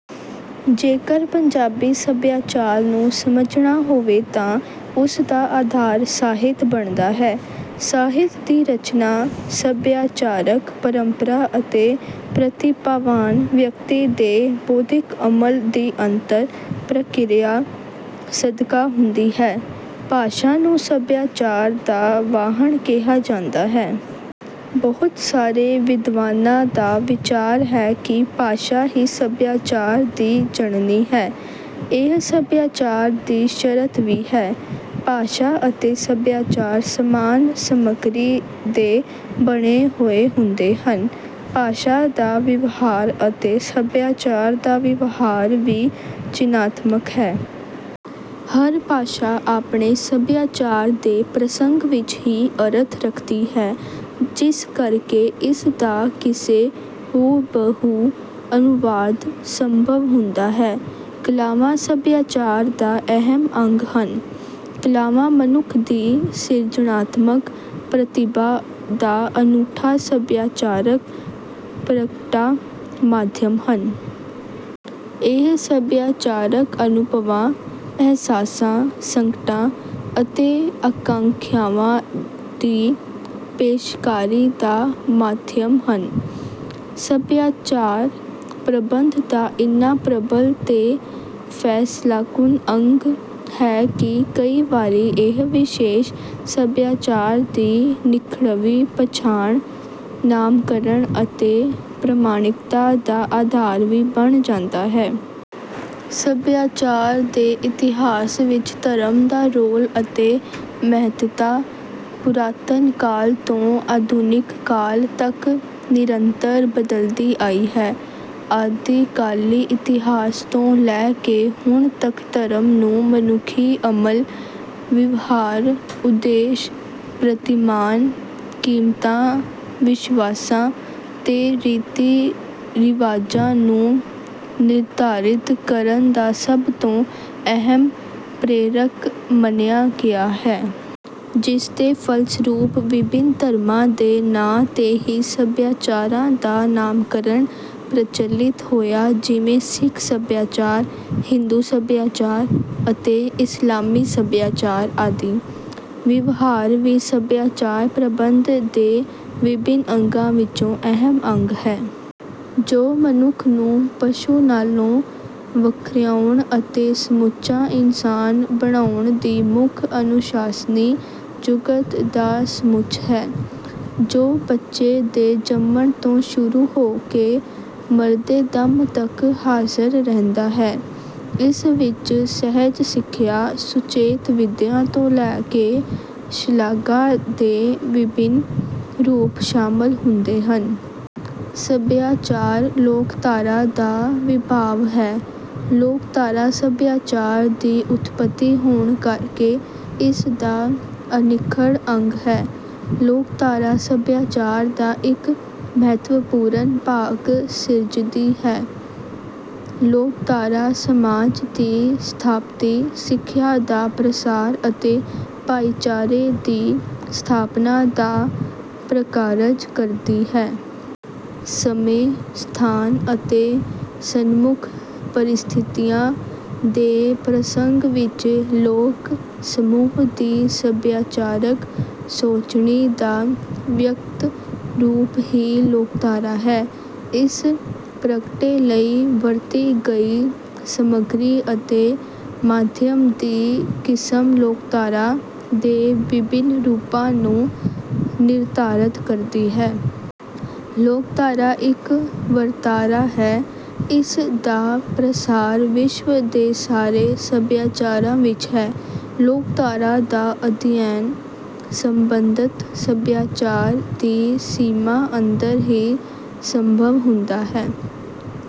ਜੇਕਰ ਪੰਜਾਬੀ ਸਭਿਆਚਾਰ ਨੂੰ ਸਮਝਣਾ ਹੋਵੇ ਤਾਂ ਉਸ ਦਾ ਆਧਾਰ ਸਾਹਿਤ ਬਣਦਾ ਹੈ। ਸਾਹਿਤ ਦੀ ਰਚਨਾ ਸਭਿਆਚਾਰਕ ਪਰੰਪਰਾ ਅਤੇ ਪ੍ਰਤਿਭਾਵਾਨ ਵਿਅਕਤੀ ਦੇ ਬੋਧਿਕ ਅਮਲ ਦੀ ਅੰਤਰ ਪ੍ਰਕਿਰਿਆ ਸਦਕਾ ਹੁੰਦੀ ਹੈ। ਭਾਸ਼ਾ ਨੂੰ ਸਭਿਆਚਾਰ ਦਾ ਵਾਹਣ ਕਿਹਾ ਜਾਂਦਾ ਹੈ। ਬਹੁਤ ਸਾਰੇ ਵਿਦਵਾਨਾਂ ਦਾ ਵਿਚਾਰ ਹੈ ਕਿ ਭਾਸ਼ਾ ਹੀ ਸਭਿਆਚਾਰ ਦੀ ਜਣਨੀ ਹੈ। ਇਹ ਸਭਿਆਚਾਰ ਦੀ ਸ਼ਰਤ ਵੀ ਹੈ। ਭਾਸ਼ਾ ਅਤੇ ਸਭਿਆਚਾਰ ਸਮਾਨ ਸਮੱਗਰੀ ਦੇ ਬਣੇ ਹੋਏ ਹੁੰਦੇ ਹਨ। ਭਾਸ਼ਾ ਦਾ ਵਿਵਹਾਰ ਅਤੇ ਸਭਿਆਚਾਰ ਦਾ ਵਿਵਹਾਰ ਵੀ ਚਿੰਨ੍ਹਾਤਮਕ ਹੈ। ਹਰ ਭਾਸ਼ਾ ਆਪਣੇ ਸਭਿਆਚਾਰ ਦੇ ਪ੍ਰਸੰਗ ਵਿੱਚ ਹੀ ਅਰਥ ਰੱਖਦੀ ਹੈ ਜਿਸ ਕਰਕੇ ਇਸ ਦਾ ਕਿਸੇ ਹੂ-ਬ-ਹੂ ਅਨੁਵਾਦ ਅਸੰਭਵ ਹੁੰਦਾ ਹੈ। ਕਲਾਵਾਂ ਸਭਿਆਚਾਰ ਦਾ ਅਹਿਮ ਅੰਗ ਹਨ। ਕਲਾਵਾਂ ਮਨੁੱਖ ਦੀ ਸਿਰਜਣਾਤਮਕ ਪ੍ਰਤਿਭਾ ਦਾ ਅਨੂਠਾ ਸਭਿਆਚਾਰਕ ਪ੍ਰਗਟਾ-ਮਾਧਿਅਮ ਹਨ। ਇਹ ਸਭਿਆਚਾਰਕ ਅਨੁਭਵਾਂ, ਅਹਿਸਾਸਾਂ, ਸੰਕਟਾਂ ਅਤੇ ਆਕਾਂਖਿਆਵਾਂ ਦੀ ਪੇਸ਼ਕਾਰੀ ਦਾ ਮਾਧਿਅਮ ਹਨ। ਸਭਿਆਚਾਰ ਪ੍ਰਬੰਧ ਦਾ ਇੰਨਾ ਪ੍ਰਬਲ ਤੇ ਫੈਸਲਾਕੁਨ ਅੰਗ ਹੈ ਕਿ ਕਈ ਵਾਰੀ ਇਹ ਵਿਸ਼ੇਸ਼ ਸਭਿਆਚਾਰ ਦੀ ਨਿਖੜਵੀ ਪਛਾਣ, ਨਾਮਕਰਣ ਅਤੇ ਪ੍ਰਮਾਣਿਕਤਾ ਦਾ ਆਧਾਰ ਵੀ ਬਣ ਜਾਂਦਾ ਹੈ। ਸਭਿਆਚਾਰ ਦੇ ਇਤਿਹਾਸ ਵਿੱਚ ਧਰਮ ਦਾ ਰੋਲ ਅਤੇ ਮਹੱਤਤਾ ਪੁਰਾਤਨ ਕਾਲ ਤੋਂ ਆਧੁਨਿਕ ਕਾਲ ਤੱਕ ਨਿਰੰਤਰ ਬਦਲਦੀ ਆਈ ਹੈ। ਆਦਿ-ਕਾਲੀ ਇਤਿਹਾਸ ਤੋਂ ਲੈ ਕੇ ਹੁਣ ਤੱਕ ਧਰਮ ਨੂੰ ਮਨੁੱਖੀ ਅਮਲ, ਵਿਵਹਾਰ, ਉਦੇਸ਼, ਪ੍ਰਤਿਮਾਨ, ਕੀਮਤਾਂ, ਵਿਸ਼ਵਾਸਾਂ ਤੇ ਰੀਤੀ-ਰਿਵਾਜਾਂ ਨੂੰ ਨਿਰਧਾਰਿਤ ਕਰਨ ਦਾ ਸਭ ਤੋਂ ਅਹਿਮ ਪ੍ਰੇਰਕ ਮੰਨਿਆ ਗਿਆ ਹੈ। ਜਿਸਦੇ ਫਲਸਰੂਪ ਵਿਭਿੰਨ ਧਰਮਾਂ ਦੇ ਨਾਂ 'ਤੇ ਹੀ ਸਭਿਆਚਾਰਾਂ ਦਾ ਨਾਮਕਰਣ ਪ੍ਰਚਲਿਤ ਹੋਇਆ ਜਿਵੇਂ ਸਿੱਖ ਸਭਿਆਚਾਰ, ਹਿੰਦੂ ਸਭਿਆਚਾਰ ਅਤੇ ਇਸਲਾਮੀ ਸਭਿਆਚਾਰ ਆਦਿ। ਵਿਵਹਾਰ ਵੀ ਸਭਿਆਚਾਰ ਪ੍ਰਬੰਧ ਦੇ ਵਿਭਿੰਨ ਅੰਗਾਂ ਵਿਚੋਂ ਅਹਿਮ ਅੰਗ ਹੈ। ਜੋ ਮਨੁੱਖ ਨੂੰ ਪਸ਼ੂ ਨਾਲੋਂ ਵਖਰਿਆਉਣ ਅਤੇ ਸਮੁੱਚਾ ਇਨਸਾਨ ਬਣਾਉਣ ਦੀ ਮੁੱਖ ਅਨੁਸ਼ਾਸਨੀ-ਜੁਗਤ ਦਾ ਸਮੁੱਚ ਹੈ। ਜੋ ਬੱਚੇ ਦੇ ਜੰਮਣ ਤੋਂ ਸ਼ੁਰੂ ਹੋ ਕੇ ਮਰਦੇ ਦਮ ਤੱਕ ਹਾਜ਼ਰ ਰਹਿੰਦਾ ਹੈ। ਇਸ ਵਿੱਚ ਸਹਿਜ ਸਿਖਿਆ, ਸੁਚੇਤ ਵਿਦਿਆ ਤੋਂ ਲੈ ਕੇ ਸ਼ਲਾਘਾ ਦੇ ਵਿਭਿੰਨ ਰੂਪ ਸ਼ਾਮਲ ਹੁੰਦੇ ਹਨ। ਸਭਿਆਚਾਰ ਲੋਕਧਾਰਾ ਦਾ ਵਿਭਾਵ ਹੈ। ਲੋਕਧਾਰਾ ਸਭਿਆਚਾਰ ਦੀ ਉਤਪਤੀ ਹੋਣ ਕਰਕੇ ਇਸ ਦਾ ਅਨਿੱਖੜ ਅੰਗ ਹੈ। ਲੋਕਧਾਰਾ ਸਭਿਆਚਾਰ ਦਾ ਇੱਕ ਮਹੱਤਵਪੂਰਨ ਭਾਗ ਸਿਰਜਦੀ ਹੈ। ਲੋਕਧਾਰਾ ਸਮਾਜ ਦੀ ਸਥਾਪਤੀ, ਸਿੱਖਿਆ ਦਾ ਪ੍ਰਸਾਰ ਅਤੇ ਭਾਈਚਾਰੇ ਦੀ ਸਥਾਪਨਾ ਦਾ ਪ੍ਰਕਾਰਜ ਕਰਦੀ ਹੈ। ਸਮੇਂ, ਸਥਾਨ ਅਤੇ ਸਨਮੁੱਖ ਪਰਿਸਥਿਤੀਆਂ ਦੇ ਪ੍ਰਸੰਗ ਵਿੱਚ ਲੋਕ-ਸਮੂਹ ਦੀ ਸਭਿਆਚਾਰਕ ਸੋਚਣੀ ਦਾ ਵਿਅਕਤ ਰੂਪ ਹੀ ਲੋਕਧਾਰਾ ਹੈ। ਇਸ ਪ੍ਰਗਟੇ ਲਈ ਵਰਤੀ ਗਈ ਸਮੱਗਰੀ ਅਤੇ ਮਾਧਿਅਮ ਦੀ ਕਿਸਮ ਲੋਕਧਾਰਾ ਦੇ ਵਿਭਿੰਨ ਰੂਪਾਂ ਨੂੰ ਨਿਰਧਾਰਤ ਕਰਦੀ ਹੈ। ਲੋਕਧਾਰਾ ਇੱਕ ਵਰਤਾਰਾ ਹੈ। ਇਸ ਦਾ ਪ੍ਰਸਾਰ ਵਿਸ਼ਵ ਦੇ ਸਾਰੇ ਸਭਿਆਚਾਰਾਂ ਵਿੱਚ ਹੈ। ਲੋਕਧਾਰਾ ਦਾ ਅਧਿਐਨ ਸੰਬੰਧਤ ਸਭਿਆਚਾਰ ਦੀ ਸੀਮਾ ਅੰਦਰ ਹੀ ਸੰਭਵ ਹੁੰਦਾ ਹੈ।